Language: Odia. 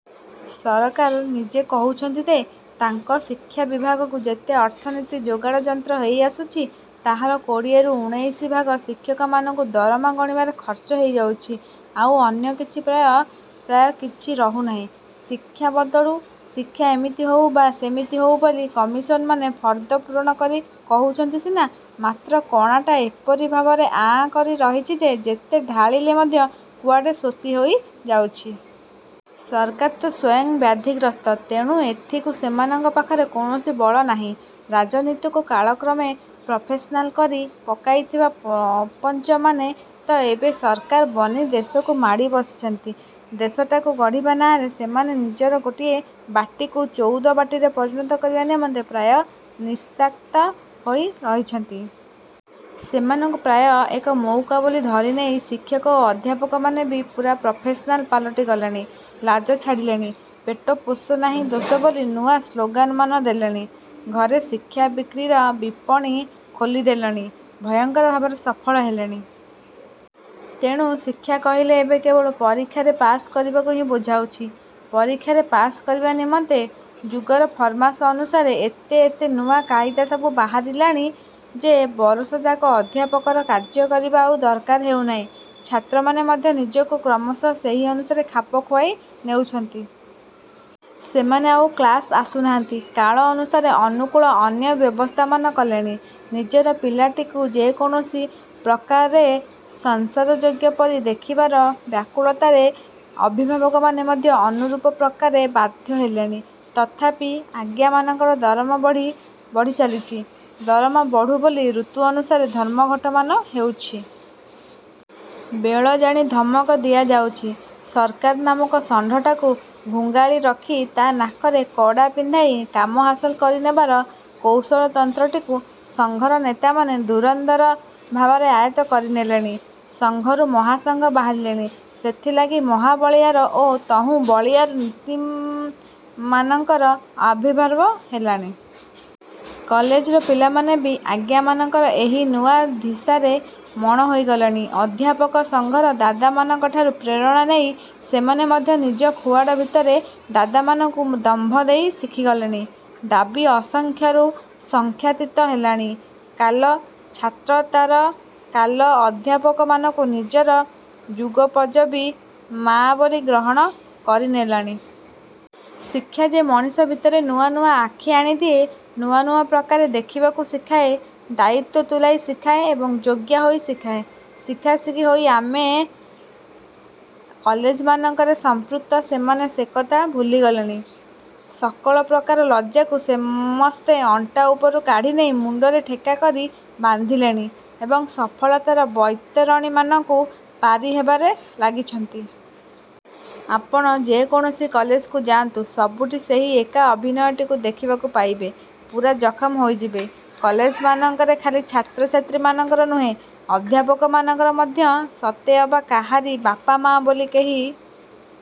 ସରକାର ନିଜେ କହୁଛନ୍ତି ଯେ, ତାଙ୍କ ଶିକ୍ଷାବିଭାଗକୁ ଯେତେ ଅର୍ଥନିଧି ଯୋଗାଡ଼ଯନ୍ତ୍ର ହୋଇ ଆସୁଛି, ତାହାର କୋଡ଼ିଏରୁ ଉଣେଇଶି ଭାଗ ଶିକ୍ଷକମାନଙ୍କୁ ଦରମା ଗଣିବାରେ ଖର୍ଚ୍ଚ ହୋଇ ଯାଉଛି। ଆଉ ଅନ୍ୟ କିଛି ପାଇଁ ପ୍ରାୟ କିଛି ରହୁନାହିଁ। ଶିକ୍ଷା ବଦଳୁ, ଶିକ୍ଷା ଏମିତି ହେଉ ବା ସେମିତି ହେଉ ବୋଲି କମିଶନମାନେ ଫର୍ଦ୍ଦ ପୂରଣ କରି କହୁଛନ୍ତି ସିନା, ମାତ୍ର କଣାଟା ଏପରି ଭାବରେ ଆଁ କରି ରହିଛି ଯେ, ଯେତେ ଢାଳିଲେ ମଧ୍ୟ କୁଆଡ଼େ ଶୋଷି ହୋଇଯାଉଛି। ସରକାର ତ ସ୍ୱୟଂ ବ୍ୟାଧିଗ୍ରସ୍ତ, ତେଣୁ ଏଥିକୁ ସେମାନଙ୍କ ପାଖରେ କୌଣସି ବଳ ନାହିଁ-। ରାଜନୀତିକୁ କାଳକ୍ରମେ ପ୍ରଫେସନାଲ୍ କରି ପକାଇଥିବା ପ୍ରପଞ୍ଚମାନେ ତ ଏବେ ସରକାର ବନି ଦେଶକୁ ମାଡ଼ି ବସିଛନ୍ତି। ଦେଶଟାକୁ ଗଢ଼ିବା ନାଆଁରେ ସେମାନେ ନିଜର ଗୋଟିଏ ବାଟିକୁ ଚଉଦ ବାଟିରେ ପରିଣତ କରିବା ନିମନ୍ତେ ପ୍ରାୟ ନିଶାସକ୍ତ ହୋଇ ରହିଛନ୍ତି। ସେମାନଙ୍କୁ ପ୍ରାୟ ଏକ ମଉକା ବୋଲି ଧରିନେଇ ଶିକ୍ଷକ ଓ ଅଧ୍ୟାପକମାନେ ବି ପୂରା ପ୍ରଫେସନାଲ୍ ପାଲଟି ଗଲେଣି-। ଲାଜ ଛାଡ଼ିଲେଣି। ପେଟ ପୋଷ ନାହିଁ ଦୋଷ ବୋଲି ନୂଆ ସ୍ଲୋଗାନମାନ ଦେଲେଣି। ଘରେ ଶିକ୍ଷା ବିକ୍ରିର ବିପଣି ଖୋଲିଦେଲେଣି। ଭୟଙ୍କର ଭାବରେ ସଫଳ ହେଲେଣି। ତେଣୁ ଶିକ୍ଷା କହିଲେ ଏବେ କେବଳ ପରୀକ୍ଷାରେ ପାସ୍ କରିବାକୁ ହିଁ ବୁଝାଉଛି। ପରୀକ୍ଷାରେ ପାସ୍ କରିବା ନିମନ୍ତେ ଯୁଗର ଫରମାସ୍ ଅନୁସାରେ ଏତେ ଏତେ ନୂଆ କାଇଦା ସବୁ ବାହାରିଲାଣି ଯେ, ବରଷଯାକ ଅଧ୍ୟାପକର କାର୍ଯ୍ୟ କରିବା ଆଉ ଦରକାର ହେଉନାହିଁ। ଛାତ୍ରମାନେ ମଧ୍ୟ ନିଜକୁ କ୍ରମଶଃ ସେହି ଅନୁସାରେ ଖାପ ଖୁଆଇ ନେଉଛନ୍ତି। ସେମାନେ ଆଉ କ୍ଲାସ୍କୁ ଆସୁନାହାନ୍ତି। କାଳ ଅନୁସାରେ ଅନୁକୂଳ ଅନ୍ୟ ବ୍ୟବସ୍ଥାମାନ କଲେଣି। ନିଜର ପିଲାଟିକୁ ଯେକୌଣସି। ପ୍ରକାରେ ସଂସାରଯୋଗ୍ୟ ପରି ଦେଖିବାର ବ୍ୟାକୁଳତାରେ ଅଭିଭାବକମାନେ ମଧ୍ୟ ଅନୁରୂପ ପ୍ରକାରେ ବାଧ୍ୟ ହେଲେଣି। ତଥାପି ଆଜ୍ଞାମାନଙ୍କର ଦରମା ବଢ଼ି ବଢ଼ି ଚାଲିଛି। ଦରମା ବଢୁ ବୋଲି ଋତୁ ଅନୁସାରେ ଧର୍ମଘଟମାନ ହେଉଛି। ବେଳ ଜାଣି ଧମକ ଦିଆଯାଉଛି। ସରକାର ନାମକ ଷଣ୍ଢଟାକୁ ଘୁଙ୍ଗାଳି ରଖି ତା ନାକରେ କଡ଼ା ପିନ୍ଧାଇ କାମ ହାସଲ କରିନେବାର କୌଶଳତନ୍ତ୍ରଟିକୁ ସଂଘର ନେତାମାନେ ଧୁରନ୍ଧର ଭାବରେ ଆୟତ୍ତ କରିନେଲେଣି। ସଂଘରୁ ମହାସଂଘ ବାହାରିଲେଣି। ସେଥିଲାଗି ମହାବଳୀୟାର ଓ ତହୁଁ ବଳୀୟାର ନିମିତ୍ତମାନଙ୍କର ଆବିର୍ଭାବ ହେଲାଣି। କଲେଜର ପିଲାମାନେ ବି ଆଜ୍ଞାମାନଙ୍କର ଏହି ନୂଆ ଧିସାରେ ମଣ ହୋଇଗଲେଣି। ଅଧ୍ୟାପକ ସଂଘର ଦାଦାମାନଙ୍କ ଠାରୁ ପ୍ରେରଣା ନେଇ ସେମାନେ ମଧ୍ୟ ନିଜ ଖୁଆଡ଼ ଭିତରେ ଦାଦାମାନଙ୍କୁ ଦମ୍ଭ ଦେଇ ଶିଖିଗଲେଣି। ଦାବି ଅସଂଖ୍ୟରୁ ସଂଖ୍ୟାତୀତ ହେଲାଣି। କାଲ ଛାତ୍ର ତାର କାଲ ଅଧ୍ୟାପକମାନଙ୍କୁ ନିଜର ଯୁଗୋପଯୋଗୀ ମାଆ ବୋଲି ଗ୍ରହଣ କରିନେଲାଣି। ଶିକ୍ଷା ଯେ ମଣିଷ ଭିତରେ ନୂଆ ନୂଆ ଆଖି ଆଣିଦିଏ, ନୂଆ ନୂଆ ପ୍ରକାରେ ଦେଖିବାକୁ ଶିଖାଏ, ଦାୟିତ୍ୱ ତୁଲାଇ ଶିଖାଏ ଏବଂ ଯୋଗ୍ୟ ହୋଇ ଶିଖାଏ, ଶିଖାଶିଖି ହୋଇ ଆମ କଲେଜମାନଙ୍କରେ ସମ୍ପୃକ୍ତ ସମସ୍ତେ ସେକଥା ଭୁଲିଗଲେଣି। ସକଳ ପ୍ରକାର ଲଜ୍ଜାକୁ ସମସ୍ତେ ଅଣ୍ଟା ଉପରୁ କାଢ଼ି ନେଇ ମୁଣ୍ଡରେ ଠେକା କରି ବାନ୍ଧିଲେଣି ଏବଂ ସଫଳତାର ବୈତରଣୀମାନଙ୍କୁ ପାରିହେବାରେ ଲାଗିଛନ୍ତି। ଆପଣ ଯେକୌଣସି କଲେଜକୁ ଯାଆନ୍ତୁ, ସବୁଠି ସେହି ଏକା ଅଭିନୟଟିକୁ ଦେଖିବାକୁ ପାଇବେ। ପୂରା ଜଖମ ହୋଇଯିବେ। କଲେଜମାନଙ୍କରେ ଖାଲି ଛାତ୍ରଛାତ୍ରୀମାନଙ୍କର ନୁହେଁ, ଅଧ୍ୟାପକମାନଙ୍କର ମଧ୍ୟ ସତେ ଅବା କାହାରି ବାପମାଆ ବୋଲି କେହି